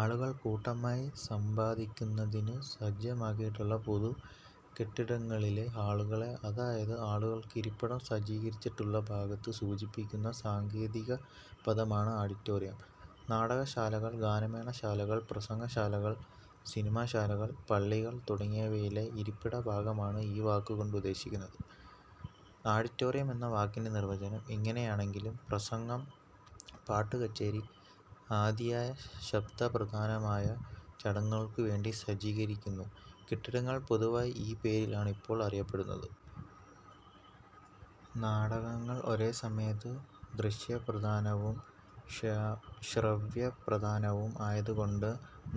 ആളുകൾ കൂട്ടമായി സംബന്ധിക്കുന്നതിനു സജ്ജമാക്കിയിട്ടുള്ള പൊതു കെട്ടിടങ്ങളിലെ ഹാളുകളെ അതായത് ആളുകൾക്ക് ഇരിപ്പിടം സജ്ജീകരിച്ചിട്ടുള്ള ഭാഗത്തെ സൂചിപ്പിക്കുന്ന സാങ്കേതികപദമാണ് ആഡിറ്റോറിയം. നാടകശാലകൾ, ഗാനമേളാശാലകൾ, പ്രസംഗശാലകൾ, സിനിമാശാലകൾ, പള്ളികൾ തുടങ്ങിയവയിലെ ഇരിപ്പിടഭാഗമാണ് ഈ വാക്കുകൊണ്ട് ഉദ്ദേശിക്കുന്നത്. ആഡിറ്റോറിയം എന്ന വാക്കിന്റെ നിർവചനം ഇങ്ങനെയാണെങ്കിലും, പ്രസംഗം, പാട്ടുകച്ചേരി ആദിയായ ശബ്ദപ്രധാനമായ ചടങ്ങുകൾക്കു വേണ്ടി സജ്ജീകരിച്ചിരിക്കുന്ന കെട്ടിടങ്ങൾ പൊതുവായി ഈ പേരിലാണ് ഇപ്പോൾ അറിയപ്പെടുന്നത്. നാടകങ്ങൾ ഒരേ സമയത്തു ദൃശ്യപ്രധാനവും ശ്രവ്യപ്രധാനവും ആയതുകൊണ്ട്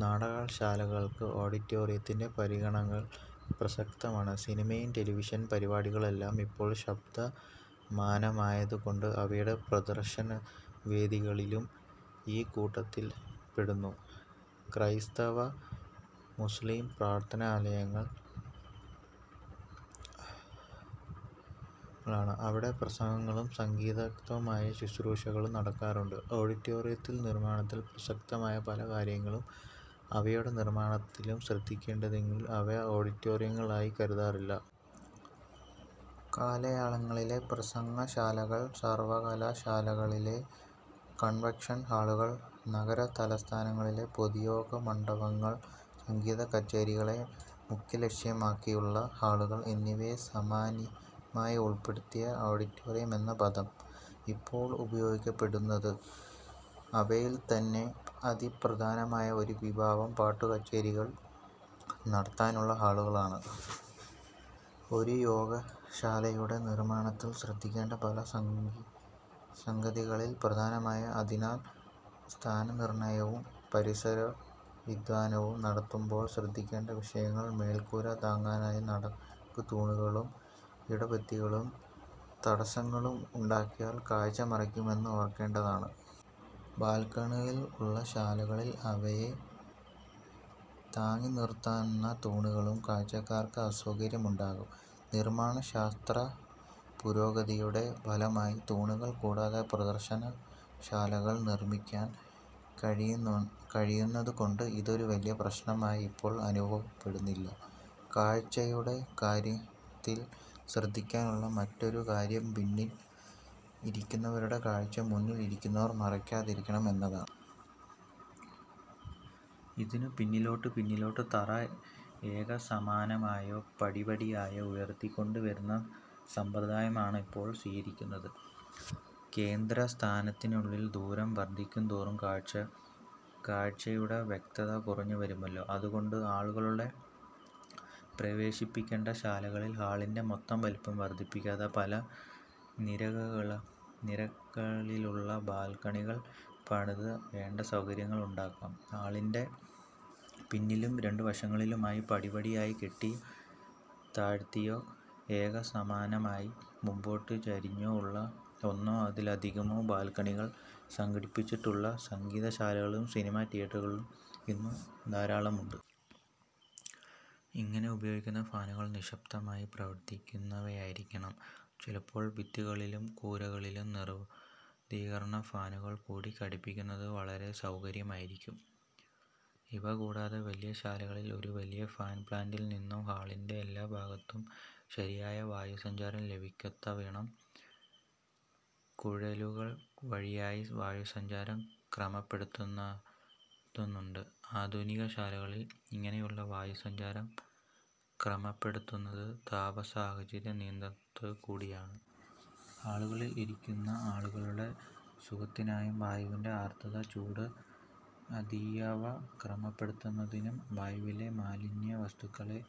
നാടകശാലകൾക്ക് ആഡിറ്റോറിയത്തിന്റെ പരിഗണനകൾ പ്രസക്തമാണ്. സിനിമയും ടെലിവിഷൻ പരിപാടികളും എല്ലാം ഇപ്പോൾ ശബ്ദായമാനമായതുകൊണ്ട് അവയുടെ പ്രദർശനവേദികളും ഇക്കൂട്ടത്തിൽപ്പെടുന്നു. ക്രൈസ്തവ-മുസ്ലിം പ്രാർഥനാലയങ്ങൾ സമൂഹപ്രാർഥനാവേദികളാണ്. അവിടെ പ്രസംഗങ്ങളും സംഗീതാത്മകമായ ശുശ്രൂഷകളും നടക്കാറുണ്ട്. ആഡിറ്റോറിയനിർമ്മാണത്തിൽ പ്രസക്തമായ പല കാര്യങ്ങളും അവയുടെ നിർമ്മാണത്തിലും ശ്രദ്ധിക്കാനുണ്ടെങ്കിലും അവയെ ആഡിറ്റോറിയങ്ങളായി കരുതാറില്ല. കലാലയങ്ങളിലെ പ്രസംഗശാലകൾ, സർവകലാശാലകളിലെ കോൺവൊക്കേഷൻ ഹാളുകൾ, നഗരതലസ്ഥാനങ്ങളിലെ പൊതുയോഗമണ്ഡപങ്ങൾ, സംഗീതക്കച്ചേരികളെ മുഖ്യലക്ഷ്യമാക്കിയുള്ള ഹാളുകൾ എന്നിവയെ സാമാന്യമായി ഉൾപ്പെടുത്തിയാണ് ആഡിറ്റോറിയം എന്ന പദം ഇപ്പോൾ ഉപയോഗിക്കപ്പെടുന്നത്. അവയിൽത്തന്നെ അതിപ്രധാനമായ ഒരു വിഭാഗം പാട്ടുകച്ചേരികൾ നടത്താനുള്ള ഹാളുകളാണ്. ഒരു യോഗശാലയുടെ നിർമ്മാണത്തിൽ ശ്രദ്ധിക്കേണ്ട പല സംഗതികളിൽ പ്രധാനമായവ, അതിനാൽ സ്ഥാനനിർണയവും പരിസരസംവിധാനവും നടത്തുമ്പോൾ ശ്രദ്ധിക്കേണ്ട വിഷയങ്ങൾ മേൽക്കൂര താങ്ങാനായി നടുക്ക് തൂണുകളും ഇടഭിത്തികളും തടസ്സങ്ങളും ഉണ്ടാക്കിയാൽ കാഴ്ച മറയ്ക്കുമെന്നത് ഓർക്കേണ്ടതാണ്. ബാൽക്കണികൾ ഉള്ള ശാലകളിൽ അവയെ താങ്ങിനിർത്തുന്ന തൂണുകളും കാഴ്ചക്കാർക്ക് അസൌകര്യം ഉണ്ടാക്കും. നിർമ്മാണശാസ്ത്രപുരോഗതിയുടെ ഫലമായി തൂണുകൾ കൂടാതെ പ്രദർശനശാലകൾ നിർമ്മിക്കാൻ കഴിയുന്നതുകൊണ്ട് ഇത് ഒരു വലിയ പ്രശ്നമായി ഇപ്പോൾ അനുഭവപ്പെടുന്നില്ല. കാഴ്ചയുടെ കാര്യത്തിൽ ശ്രദ്ധിക്കാനുള്ള മറ്റൊരു കാര്യം പിന്നിൽ ഇരിക്കുന്നവരുടെ കാഴ്ച മുന്നിൽ ഇരിക്കുന്നവർ മറയ്ക്കാതിരിക്കണം എന്നതാണ്. ഇതിനു പിന്നിലോട്ട് പിന്നിലോട്ട് തറ ഏകസമാനമായോ പടിപടിയായോ ഉയർത്തിക്കൊണ്ടു വരുന്ന സമ്പ്രദായമാണ് ഇപ്പോൾ സ്വീകരിക്കുന്നത്. കേന്ദ്രസ്ഥാനത്തുനിന്നുള്ള ദൂരം വർധിക്കുന്തോറും കാഴ്ചയുടെ വ്യക്തത കുറഞ്ഞുവരുമല്ലോ. അതുകൊണ്ട് ആളുകളെ പ്രവേശിപ്പിക്കേണ്ട ശാലകളിൽ ഹാളിന്റെ മൊത്തം വലിപ്പം വർധിപ്പിക്കാതെ, പല നിരകളിലുള്ള ബാൽക്കണികൾ പണിത് വേണ്ട സൌകര്യങ്ങൾ ഉണ്ടാക്കാം. ഹാളിന്റെ പിന്നിലും രണ്ടു വശങ്ങളിലുമായി പടിപടിയായി കെട്ടി താഴ്ത്തിയോ, ഏകസമാനമായി മുമ്പോട്ട് ചരിഞ്ഞോ ഉള്ള ഒന്നോ അതിലധികമോ ബാൽക്കണികൾ സംഘടിപ്പിച്ചിട്ടുള്ള സംഗീതശാലകളും സിനിമാതിയെറ്ററുകളും ഇന്നു ധാരാളമുണ്ട്. ഇങ്ങനെ ഉപയോഗിക്കുന്ന ഫാനുകൾ നിശ്ശബ്ദമായി പ്രവർത്തിക്കുന്നവയായിരിക്കണം. ചിലപ്പോൾ ഭിത്തികളിലും കൂരകളിലും നിർവാതീകരണഫാനുകൾ കൂടി ഘടിപ്പിക്കുന്നത് വളരെ സൗകര്യമായിരിക്കും. ഇവ കൂടാതെ വലിയ ശാലകളിൽ ഒരു വലിയ ഫാൻ പ്ലാന്റിൽ നിന്നും ഹാളിന്റെ എല്ലാഭാഗത്തും ശരിയായി വായുസഞ്ചാരം ലഭിക്കത്തക്കവണ്ണം കുഴലുകൾവഴിയായി വായുസഞ്ചാരം ക്രമപ്പെടുത്തുന്നുണ്ട്. ആധുനികശാലകളിൽ ഇങ്ങനെയുള്ള വായുസഞ്ചാരം ക്രമപ്പെടുത്തുന്നത് താപസാഹചര്യനിയന്ത്രണത്തോടുകൂടിയാണ്. ഹാളിൽ ഇരിക്കുന്ന ആളുകളുടെ സുഖത്തിനായി വായുവിന്റെ ആർദ്രത, ചൂട് ആദിയായവ ക്രമപ്പെടുത്തുന്നതിനും വായുവിലെ മലിനവസ്തുക്കളെ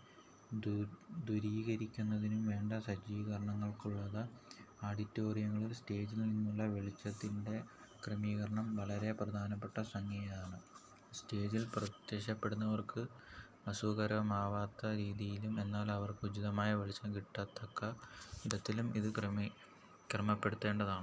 ദൂരീകരിക്കുന്നതിനും വേണ്ട സജ്ജീകരണങ്ങളാണുള്ളത്. ആഡിറ്റോറിയങ്ങളിൽ സ്റ്റേജിൽ നിന്നുള്ള വെളിച്ചത്തിന്റെ ക്രമീകരണം വളരെ പ്രധാനപ്പെട്ട സംഗതിയാണ്. സ്റ്റേജിൽ പ്രത്യക്ഷപ്പെടുന്നവർക്ക് അസുഖകരമാവാത്ത രീതിയിലും, എന്നാൽ അവർക്ക് ഉചിതമായ വെളിച്ചം കിട്ടത്തക്ക വിധത്തിലും ഇതു ക്രമപ്പെടുത്തേണ്ടതാണ്.